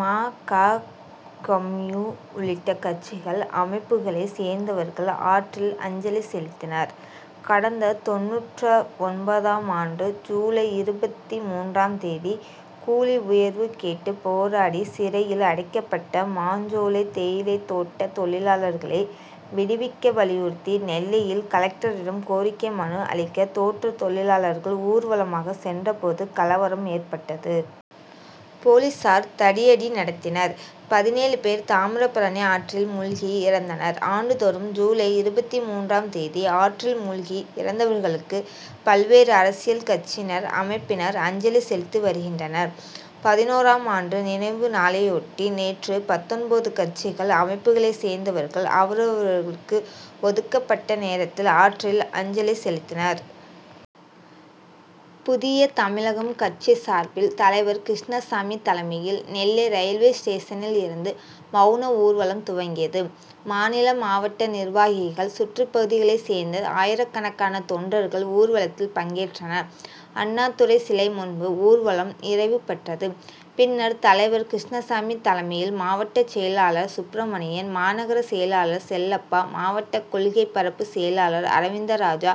ம. க. கம்யூ. உள்ளிட்ட கட்சிகள், அமைப்புக்களை சேர்ந்தவர்கள் ஆற்றில் அஞ்சலி செலுத்தினர். கடந்த தொண்ணூற்று ஒன்பதாம் ஆண்டு ஜூலை இருபத்து மூன்றாம் தேதி கூலிஉயர்வு கேட்டு போராடி சிறையில் அடைக்கப்பட்ட மாஞ்சோலை தேயிலை தோட்ட தொழிலாளர்களை விடுவிக்க வலியுறுத்தி நெல்லையில் கலெக்டரிடம் கோரிக்கை மனு அளிக்க தோட்ட தொழிலாளர்கள் ஊர்வலமாக சென்ற போது கலவரம் ஏற்பட்டது. போலீசார் தடியடி நடத்தினர். பதினேழு பேர் தாமிரபரணி ஆற்றில் மூழ்கி இறந்தனர். ஆண்டுதோறும் ஜூலை இருபத்து மூன்றாம் தேதி ஆற்றில் மூழ்கி இறந்தவங்களுக்கு பல்வேறு அரசியல்கட்சியினர், அமைப்பினர் அஞ்சலி செலுத்திவருகின்றனர். பதினோராம் ஆண்டு நினைவுநாளையொட்டி நேற்று பத்தொன்பது கட்சிகள், அமைப்புக்களை சேர்ந்தவர்கள் அவரவர்க்கு ஒதுக்கப்பட்ட நேரத்தில் ஆற்றில் அஞ்சலி செலுத்தினர். புதிய தமிழகம் கட்சி சார்பில் தலைவர் கிருஷ்ணசாமி தலைமையில் நெல்லை ரயில்வே ஸ்டேஷனில் இருந்து மவுன ஊர்வலம் துவங்கியது. மாநில, மாவட்ட நிர்வாகிகள், சுற்றுப்பகுதிகளை சேர்ந்த ஆயிரக்கணக்கான தொண்டர்கள் ஊர்வலத்தில் பங்கேற்றனர். அண்ணாத்துரை சிலை முன்பு ஊர்வலம் நிறைவு பெற்றது. பின்னர் தலைவர் கிருஷ்ணசாமி தலைமையில் மாவட்டச்செயலாளர் சுப்பிரமணியன், மாநகர செயலாளர் செல்லப்பா, மாவட்ட கொள்கை பரப்புச்செயலாளர் அரவிந்தராஜா,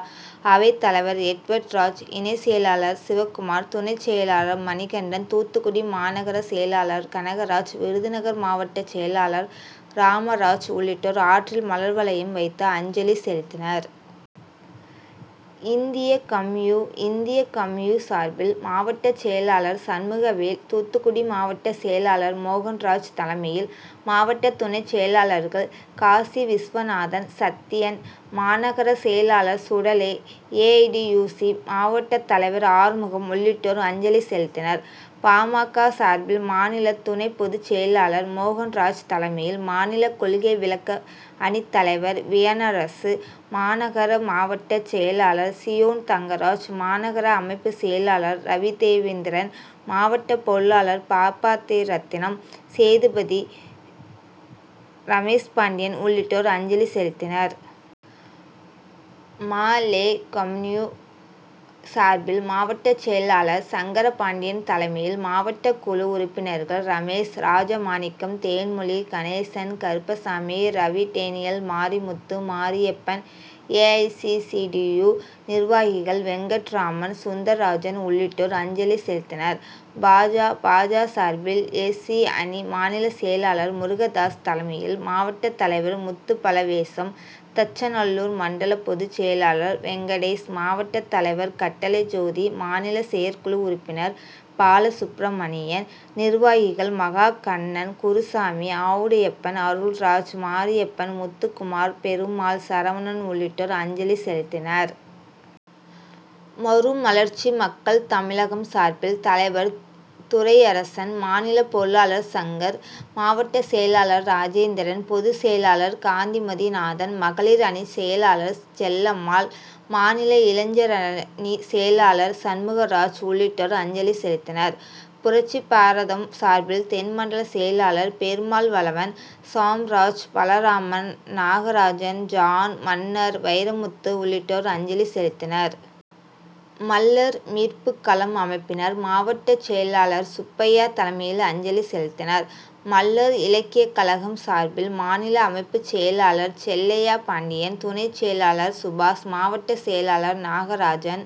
அவைத்தலைவர் எட்வர்டுராஜ், இணைச்செயலாளர் சிவக்குமார், துணைச்செயலாளர் மணிகண்டன், தூத்துக்குடி மாநகர செயலாளர் கனகராஜ், விருதுநகர் மாவட்டச்செயலாளர் ராமராஜ் உள்ளிட்டோர் ஆற்றில் மலர்வளையம் வைத்து அஞ்சலி செலுத்தினர். இந்திய கம்யூ. இந்திய கம்யூ. சார்பில் மாவட்டச்செயலாளர் சண்முகவேல், தூத்துக்குடி மாவட்டச்செயலாளர் மோகன்ராஜ் தலைமையில் மாவட்ட துணைச்செயலாளர்கள் காசிவிஸ்வநாதன், சத்யன், மாநகர செயலாளர் சுடலை, ஏஐடியுசி. மாவட்டத்தலைவர் ஆறுமுகம் உள்ளிட்டோர் அஞ்சலி செலுத்தினர். பா. ம. க. சார்பில் மாநில துணைப்பொதுச்செயலாளர் மோகன்ராஜ் தலைமையில் மாநில கொள்கை விளக்க அணித்தலைவர் வியனரசு, மாநகர் மாவட்டச்செயலாளர் சீயோன் தங்கராஜ், மாநகர அமைப்புச்செயலாளர் ரவிதேவேந்திரன், மாவட்ட பொருளாளர் பாப்பாரத்தினம், சேதுபதி, ரமேஷ்பாண்டியன் உள்ளிட்டோர் அஞ்சலி செலுத்தினர். மா. லெ. கம்யூ. சார்பில் மாவட்டச்செயலாளர் சங்கரபாண்டியன் தலைமையில் மாவட்டக்குழு உறுப்பினர்கள் ரமேஷ், ராஜமாணிக்கம், தேன்மொழி, கணேசன், கருப்பசாமி, ரவிடேனியல், மாரிமுத்து, மாரியப்பன், ஏஐசிசிடியு. நிர்வாகிகள் வெங்கட்ராமன், சுந்தர்ராஜன் உள்ளிட்டோர் அஞ்சலி செலுத்தினர். பா. ஜ. பா. ஜ. சார்பில் எஸ். சி. அணி மாநிலச்செயலாளர் முருகதாஸ் தலைமையில் மாவட்டத்தலைவர் முத்துபலவேசம், தச்சநல்லூர் மண்டல பொதுச்செயலாளர் வெங்கடேஷ், மாவட்டத்தலைவர் கட்டளை ஜோதி, மாநில செயற்குழு உறுப்பினர் பாலசுப்பிரமணியன், நிர்வாகிகள் மகா கண்ணன், குருசாமி, ஆவுடையப்பன், அருள்ராஜ், மாரியப்பன், முத்துக்குமார், பெருமாள், சரவணன் உள்ளிட்டோர் அஞ்சலி செலுத்தினர். மறுமலர்ச்சி மக்கள் தமிழகம் சார்பில் தலைவர் துரையரசன், மாநில பொருளாளர் சங்கர், மாவட்டச்செயலாளர் ராஜேந்திரன், பொதுச்செயலாளர் காந்திமதிநாதன், மகளிர் அணிச்செயலாளர் செல்லம்மாள், மாநில இளைஞரணி செயலாளர் சண்முகராஜ் உள்ளிட்டோர் அஞ்சலி செலுத்தினர். புரட்சிபாரதம் சார்பில் தென் மண்டல செயலாளர் பெருமாவளவன், சாம்ராஜ், பலராமன், நாகராஜன், ஜான், மன்னார், வைரமுத்து உள்ளிட்டோர் அஞ்சலி செலுத்தினர். மள்ளர் மீட்புக்களம் அமைப்பினர் மாவட்டச்செயலாளர் சுப்பையா தலைமையில் அஞ்சலி செலுத்தினர். மள்ளர் இலக்கியக்கழகம் சார்பில் மாநில அமைப்புச்செயலாளர் செல்லையா பாண்டியன், துணைச்செயலாளர் சுபாஷ், மாவட்டச்செயலாளர் நாகராஜன்,